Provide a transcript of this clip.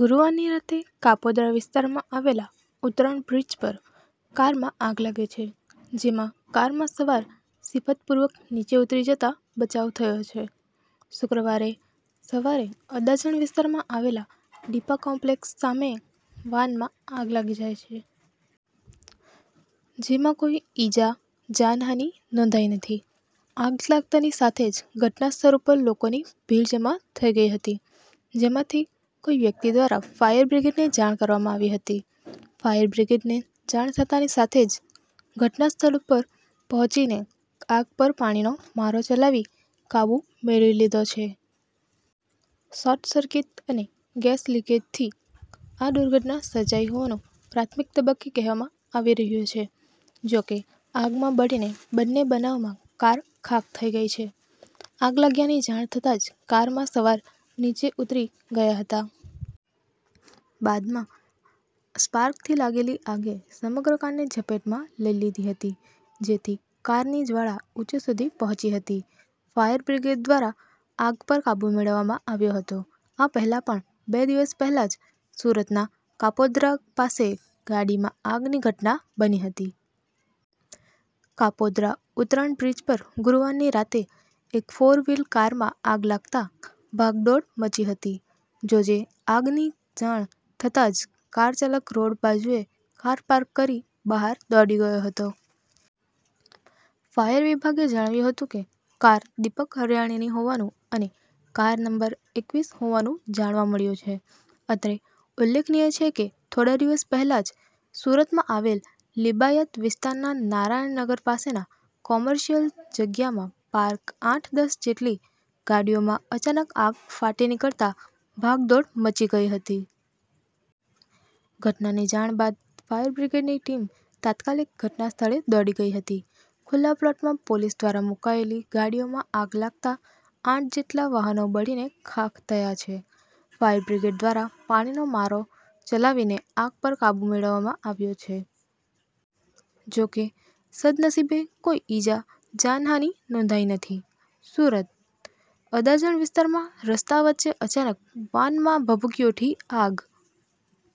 ગુરૂવારની રાત્રે કાપોદ્રા વિસ્તારમાં આવેલા ઉતરાણ બ્રિજ પર કારમાં આગ લાગે છે. જેમાં કારમાં સવાર સિફ્તપૂર્વક નીચે ઉતરી જતા બચાવ થયો છે. શુક્રવારે સવારે અડાજણ વિસ્તારમાં આવેલા દીપા કોમ્પલેક્સ સામે વાનમાં આગ લાગી જાય છે. જેમાં કોઈ ઈજા જાનહાનિ નોંધાઈ નથી. આગ લાગતાની સાથે જ ઘટના સ્થળ ઉપર લોકોની ભીડ જમા થઈ ગઈ હતી. જેમાંથી કોઈ વ્યક્તિ દ્વારા ફાયરબ્રિગેડને જાણ કરવામાં આવી હતી. ફાયરબ્રિગેડને જાણ થતાની સાથે જ ઘટના સ્થળ ઉપર પહોચીને આગ પર પાણીનો મારો ચલાવી કાબૂ મેળવી લીધો છે. શોર્ટ સર્કિટ અને ગેસ લિકેજથી આ દુર્ઘટના સર્જાઈ હોવાનું પ્રાથમિક તબક્કે કહેવામાં આવી રહ્યું છે. જો કે આગમાં બળીને બન્ને બનાવમાં કાર ખાક થઈ ગઈ છે. આગ લાગ્યાની જાણ થતાં જ કારમાં સવાર નીચે ઉતરી ગયા હતાં. બાદમાં સ્પાર્કથી લાગેલી આગે સમગ્ર કારને ઝપેટમાં લઈ લીધી હતી. જેથી કારની જવાળા ઉંચે સુધી પહોંચી હતી. ફાયરબ્રિગેડ દ્વારા આગ પર કાબૂ મેળવવામાં આવ્યો હતો. આ પહેલા પણ બે દિવસ પહેલા જ સુરતના કાપોદ્રા પાસે ગાડીમાં આગની ઘટના બની હતી. કાપોદ્રા ઉતરણ બ્રિજ પર ગુરુવારની રાત્રે એક ફોર વ્હીલ કારમાં આગ લાગતા ભાગદોડ મચી હતી. જોજે આગ ની જાણ થતાં જ કાર ચાલક રોડ બાજુએ કાર પાર્ક કરી બહાર દોડી ગયો હતો. ફાયર વિભાગે જણાવ્યું હતું કે, કાર દિપક હરિયાણીની હોવાનું અને કાર નંબર એકવીસ હોવાનું જાણવા મળ્યું છે. અત્રે ઉલેખનીય છે કે, થોડા દિવસ પહેલા જ સુરતમાં આવેલ લિંબાયત વિસ્તારના નારાયણ નગર પાસેના કોમર્શિયલ જગ્યામાં પાર્ક આઠ-દસ જેટલી ગાડીઓમાં અચાનક આગ ફાટી નીકળતા ભાગદોડ મચી ગઇ હતી. ઘટનાની જાણ બાદ ફાયર બ્રિગેડ ની ટીમ તાત્કાલિક ઘટના સ્થળે દોડી ગઈ હતી. ખુલ્લા પ્લોટમાં પોલીસ દ્વારા મુકાયેલી ગાડીઓમાં આગ લાગતાં આઠ જેટલા વાહનો બળીને ખાક થયા છે. ફાયરબ્રિગેડ દ્વારા પાણીનો મારો ચલાવીને આગ પર કાબૂ મેળવવામાં આવ્યો છે. જોકે, સદનસીબે કોઈ ઈજા જાન હાનિ નોંધાઈ નથી. સુરત: અડાજણ વિસ્તારમાં રસ્તા વચ્ચે અચાનક વાનમાં ભભૂકી ઉઠી આગ.